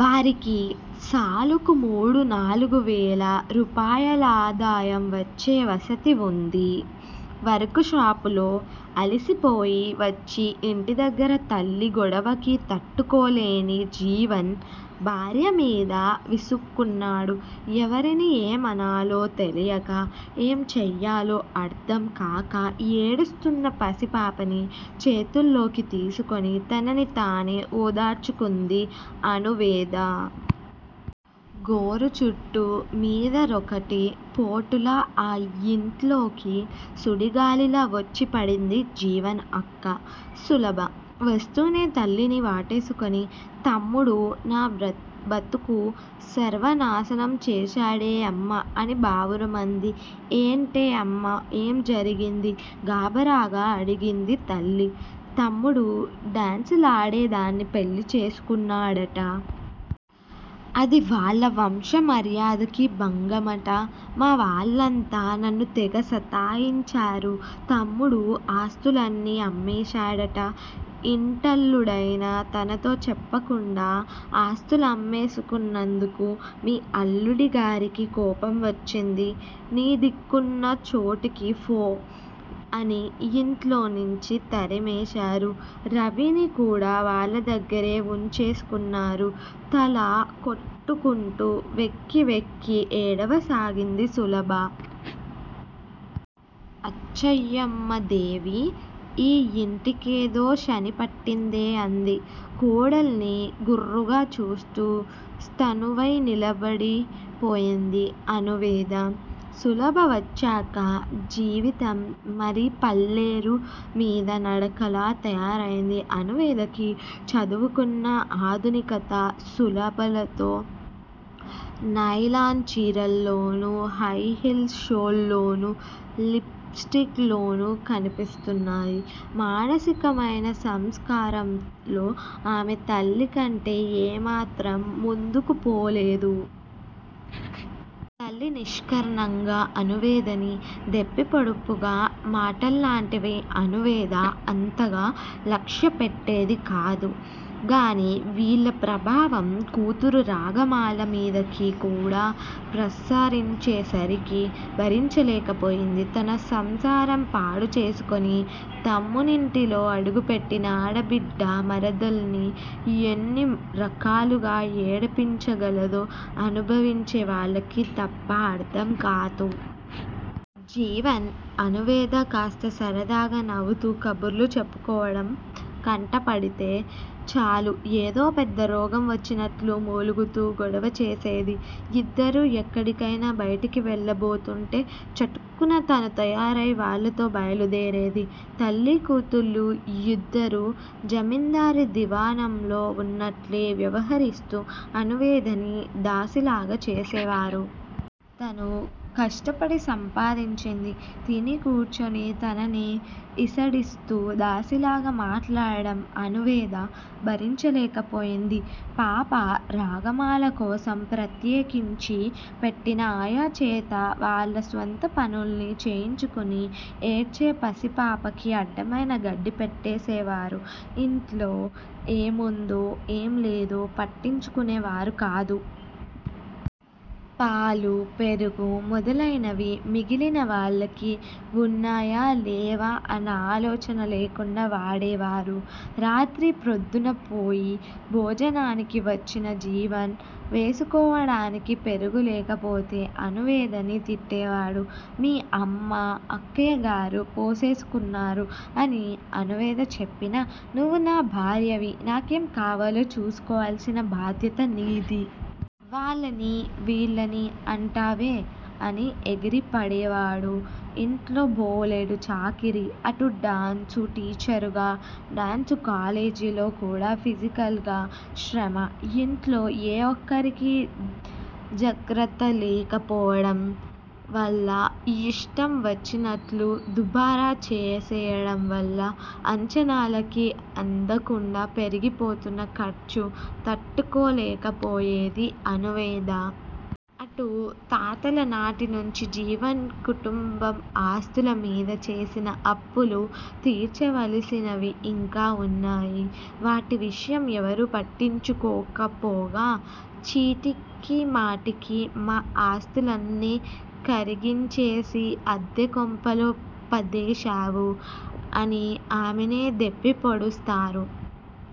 వారికి సాలుకు మూడు నాలుగువేల రూపాయలాదాయం వచ్చే వసతీ వుంది. వర్కుషాప్ లో అలసిపోయి వచ్చి ఇంటిదగ్గర తల్లి గొడవకి తట్టుకోలేని జీవన్ భార్య మీద విసుక్కున్నాడు. ఎవర్ని ఏమనాలో తెలియక, ఏం చెయ్యాలో అర్ధంకాక ఏడుస్తున్న పసిపాపని చేతుల్లోకి తీసుకోని తనని తనే ఒదార్చుకుంది అణువేద. గోరుచుట్టూ మీద రోకటి పోటులా ఆ యింట్లోకి సుడిగాలిలా వొచ్చిపడింది జీవన్ అక్క సులభ. వస్తూనే తల్లిని వాటేసుకుని తమ్ముడూ నా బతుకు సర్వనాసనం చేసేశాడే అమ్మా! అని బావురుమంది. ఏంటే అమ్మా! ఏం జరిగింది? గాభరాగా అడిగింది తల్లి. తమ్ముడు డాన్సు లాడేదాన్ని పెళ్ళి చేసుకున్నాడట. అది వాళ్ళ వంశమర్యాదకి భంగమట మా వాళ్ళంతా నన్ను తెగ సతాయించారు. తమ్ముడూ ఆస్తులన్నీ అమ్మేశాడట. ఇంటల్లుడైన తనతో చెప్పకుండా ఆస్తులమ్మేసుకున్నందుకు మీ అల్లుడిగారికి కోపం వచ్చింది. నీ దిక్కున్న చోటికి ఫో! అని యింట్లోంచి తరిమేశారు. రవిని కూడా వాళ్ళ దగ్గిరే వుంచేసుకున్నారు. తల కొట్టుకుంటూ వెక్కి వెక్కి ఏడవసాగింది సులభ. అచ్చయ్యమ్మాదేవి, ఈ యింటికేదో శని పట్టిందే అంది కోడల్ని గుర్రుగా చూస్తూ. స్థాణువై నిలబడిపోయింది అణువేద. సులభ వచ్చాక జీవితం మరి పల్లేరు మీద నడకలా తయారైంది అణువేదకి. చదువుకున్న ఆధునికత సులభలో నైలాన్ చీరల్లోను, హైహిల్స్ షూల్లోనూ, లిప్ స్టిక్ లోను కనిపిస్తున్నాయి మానసికమైన సంస్కారంలో ఆమె తల్లి కంటే ఏ మాత్రం ముందుకు పోలేదు. తల్లి నిష్కారణంగా అణువేదని దెప్పిపొడుపుగా మాటల్లాంటివి అణువేద అంతగా లక్ష్యపెట్టేది కాదు గానీ వీళ్ళ ప్రభావం కూతురు రాగమాల మీదకి కూడా ప్రసరించేసరికి భరించలేకపోయింది. తన సంసారం పాడు చేసుకుని తమ్మునింటిలో అడుగు పెట్టిన ఆడబిడ్డ మరదల్ని యెన్ని రకాలుగా ఏడిపించగలదో అనుభవించే వాళ్ళకి తప్ప అర్ధం కాదు. జీవన్, అణువేద కాస్త సరదాగా నవుతూ కబుర్లు చెప్పుకోవడం కంటబడితే చాలు ఏదో పెద్ద రోగం వచ్చినట్లు మూలుగుతూ గొడవచేసేది. ఇద్దరూ ఎక్కడికైనా బయటికి వెళ్లబోతుంటే చటుక్కున తనూ తయారై వాళ్లతో బయలుదేరేది. తల్లి కూతుళ్ళు యిద్దరూ జమిందారీ దివాణంలో వున్నట్లే వ్యవహరిస్తూ అణువేదని దాసీలాగ చేసేవారు. తను కష్టపడి సంపాదించింది తిని కూర్చుని తననే ఈసడిస్తూ దాసీలాగా మాట్లాడడం అణువేద భరించలేకపోయింది. పాప రాగమాల కోసం ప్రత్యేకించి పెట్టిన ఆయా చేత వాళ్ళ స్వంత పనులన్నీ చేయించుకుని ఏడ్చే పసిపాపకి అడ్డమైన గడ్డి పెట్టేసేవారు. ఇంట్లో ఏముందో ఏం లేదో పట్టించుకునేవారు కాదు. పాలు పెరుగు మొదలయినవి మిగిలిన వాళ్ళకి వున్నాయా లేవా అన్న ఆలోచన లేకుండా వాడేవారు. రాత్రి ప్రొద్దుపోయి భోజనానికి వచ్చిన జీవన్ వేసుకోవడానికి పెరుగు లేకపోతే అణువేదని తిట్టేవాడు. మీ అమ్మ, అక్కయ్యగారు పోసేసుకున్నారు. అని అణువేద చెప్పినా, నువ్వు నా భార్యవి. నాకేం కావాలో చూసుకోవాల్సిన బాధ్యత నీది. వాళ్ళని వీళ్ళని అంటావే? అని ఎగిరి పడేవాడు. ఇంట్లో బోలెడు చాకిరీ, అటు డాన్సు టీచరుగా డాన్సు కాలేజిలో కూడా ఫిజికల్ గా శ్రమ, యింట్లో ఏ ఒక్కరికి జాగర్త లేకపోవడం వల్ల, యిష్టం వచ్చినట్లు దుబారా చేసేయడం వల్ల, అంచనాలకి అందకుండా పెరిగిపోతున్న ఖర్చు తట్టుకోలేకపోయేది అణువేద. అటు తాతల నాటి నుంచి జీవన్ కుటుంబం ఆస్తుల మీద చేసిన అప్పులు తిర్చవలసినవి ఇంకా వున్నాయి. వాటి విషయం ఎవరూ పట్టించుకోక పోగా చీటికి మాటికి, మా ఆస్తులన్నీ కరిగించేసి అద్దె కొంపలో పదేశావు. అని ఆమెనే దెప్పి పొడుస్తారు.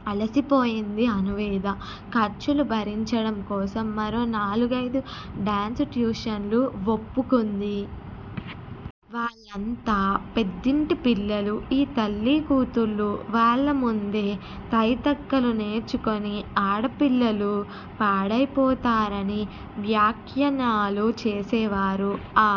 అలసిపోయింది అణువేద. ఖర్చులు భరించడం కోసం మరో నాలుగైదు డాన్సు ట్యుషన్లు వోప్పుకుంది. వాళ్ళంతా పెద్దింటి పిల్లలు. ఈ తల్లి కూతుళ్ళు వాళ్ళ ముందే, తైతక్కలు నేర్చుకుని ఆడపిల్లలు పాడైపోతారని వ్యాఖ్యానాలు చేసేవారు. ఆ